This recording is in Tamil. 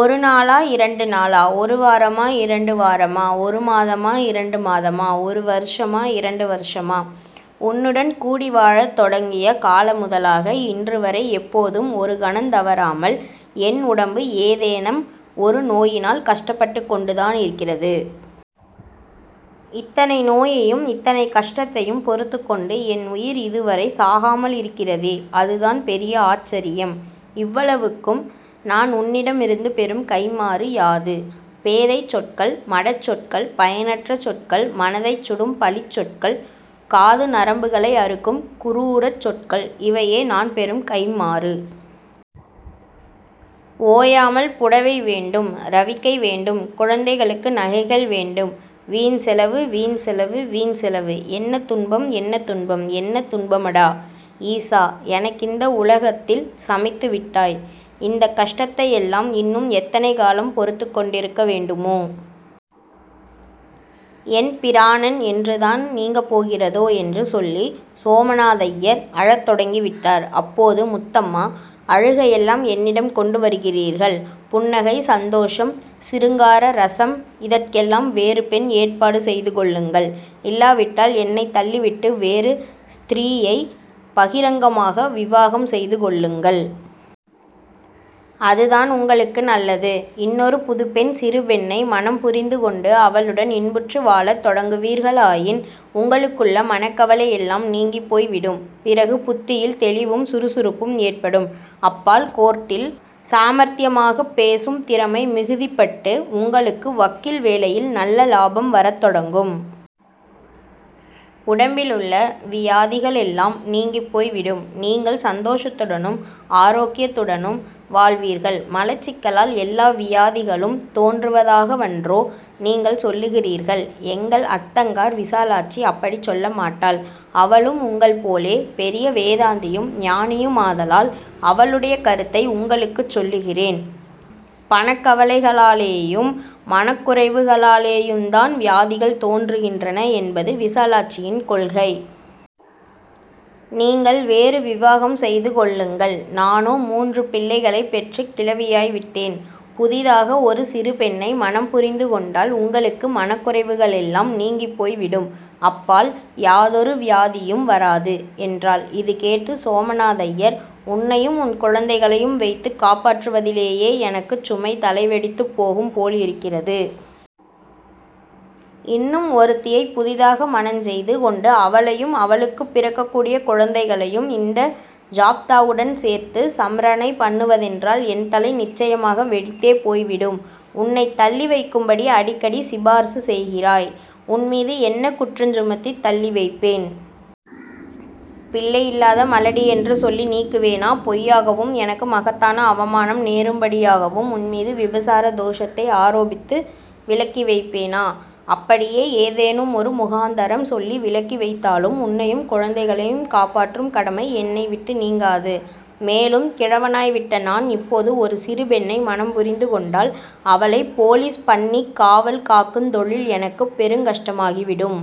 ஒரு நாளா, இரண்டு நாளா, ஒரு வாரமா, இரண்டு வாரமா, ஒரு மாதமா, இரண்டு மாதமா, ஒரு வருஷமா, இரண்டு வருஷமா, உன்னுடன் கூடி வாழத் தொடங்கிய கால முதலாக இன்றுவரை எப்போதும், ஒரு கணந் தவறாமல் என் உடம்பு ஏதேனம் ஒரு நோயினால் கஷ்டப்பட்டுக் கொண்டு தானிருக்கிறது. இத்தனை நோயையும் இத்தனை கஷ்டத்தையும் பொறுத்துக்கொண்டு என் உயிர் இதுவரை சாகாமலிருக்கிறதே, அதுதான் பெரிய ஆச்சரியம். இவ்வளவுக்கும் நான் உன்னிடமிருந்து பெறும் கைம்மாறு யாது? பேதைச் சொற்கள், மடச்சொற்கள், பயனற்ற சொற்கள், மனதைச் சுடும் பழிச் சொற்கள், காது நரம்புகளை அறுக்கும் குரூரச் சொற்கள், இவையே நான் பெறும் கைம்மாறு. ஓயாமல் 'புடவை வேண்டும்', 'ரவிக்கை வேண்டும்', 'குழந்தைகளுக்கு நகைகள் வேண்டும்',- வீண் செலவு! வீண் செலவு! வீண் செலவு! என்ன துன்பம், என்ன துன்பம்! என்ன துன்பமடா, ஈசா! எனக்கிந்த உலகத்தில் சமைத்து விட்டாய்! இந்தக் கஷ்டத்தையெல்லாம் இன்னும் எத்தனை காலம் பொறுத்துக் கொண்டிருக்க வேண்டுமோ? என் பிராணன் என்றுதான் நீங்கப் போகிறதோ? '' என்று சொல்லி சோமநாதய்யர் அழத் தொடங்கிவிட்டார். அப்போது முத்தம்மா:- ''அழுகையெல்லாம் என்னிடம் கொண்டு வருகிறீர்கள். புன்னகை, சந்தோஷம், சிருங்கார ரஸம் இதற்கெல்லாம் வேறு பெண் ஏற்பாடு செய்துகொள்ளுங்கள். இல்லாவிட்டால் என்னைத் தள்ளிவிட்டு வேறு ஸ்திரீயை பகிரங்கமாக விவாகம் செய்துகொள்ளுங்கள். அதுதான் உங்களுக்கு நல்லது. இன்னொரு புதுப்பெண்-சிறு பெண்ணை மணம் புரிந்துகொண்டு அவளுடன் இன்புற்று வாழத் தொடங்குவீர்களாயின் உங்களுக்குள்ள மனக்கவலையெல்லாம் நீங்கிப் போய்விடும். பிறகு புத்தியில் தெளிவும் சுறுசுறுப்பும் ஏற்படும். அப்பால் கோர்ட்டில் சாமர்த்தியமாகப் பேசும் திறமை மிகுதிப்பட்டு, உங்களுக்கு வக்கீல் வேலையில் நல்ல லாபம் வரத் தொடங்கும். உடம்பிலுள்ள வியாதிகளெல்லாம் நீங்கிப் போய்விடும். நீங்கள் சந்தோஷத்துடனும் ஆரோக்கியத்துடனும் வாழ்வீர்கள். மலச்சிக்கலால் எல்லா வியாதிகளும் தோன்றுவதாகவன்றோ நீங்கள் சொல்லுகிறீர்கள். எங்கள் அத்தங்கார் விசாலாட்சி அப்படிச் சொல்லமாட்டாள். அவளும் உங்கள் போலே பெரிய வேதாந்தியும் ஞானியுமாதலால் அவளுடைய கருத்தை உங்களுக்குச் சொல்லுகிறேன். பணக்கவலைகளாலேயும் மனக்குறைவுகளாலேயுந்தான் வியாதிகள் தோன்றுகின்றன என்பது விசாலாட்சியின் கொள்கை. நீங்கள் வேறு விவாகம் செய்து கொள்ளுங்கள். நானோ மூன்றுப் பிள்ளைகளைப் பெற்றுக் கிழவியாய் விட்டேன். புதிதாக ஒரு சிறு பெண்ணை மணம் புரிந்து கொண்டால் உங்களுக்கு மனக்குறைவுகளெல்லாம் நீங்கிப் போய்விடும். அப்பால் யாதொரு வியாதியும் வராது'' என்றாள். இது கேட்டு சோமநாதய்யர்:- ''உன்னையும் உன் குழந்தைகளையும் வைத்துக் காப்பாற்றுவதிலேயே எனக்குச் சுமை தலை வெடித்துப் போகும் போலிருக்கிறது. இன்னும் ஒருத்தியைப் புதிதாக மணஞ் செய்து கொண்டு அவளையும் அவளுக்குப் பிறக்கக்கூடிய குழந்தைகளையும் இந்த ஜாப்தாவுடன் சேர்த்து சம்ர ணை பண்ணுவதென்றால் என் தலை நிச்சயமாக வெடித்தே போய்விடும். உன்னைத் தள்ளி வைக்கும்படி அடிக்கடி சிபார்சு செய்கிறாய். உன்மீது என்ன குற்றஞ் சுமத்தித் தள்ளி வைப்பேன்? பிள்ளையில்லாத மலடியென்று சொல்லி நீக்குவேனா? பொய்யாகவும், எனக்கு மகத்தான அவமானம் நேரும்படியாகவும் உன்மீது விபசார தோஷத்தை ஆரோபித்து விலக்கி வைப்பேனா? அப்படியே ஏதேனுமொரு முகாந்தரம் சொல்லி விலக்கி வைத்தாலும் உன்னையும் குழந்தைகளையும் காப்பாற்றும் கடமை என்னை விட்டு நீங்காது. மேலும் கிழவனாய்விட்ட நான் இப்போது ஒரு சிறு பெண்ணை மணம் புரிந்து கொண்டால் அவளைப் போலீஸ் பண்ணிக் காவல் காக்குந் தொழில் எனக்குப் பெருங் கஷ்டமாகிவிடும்.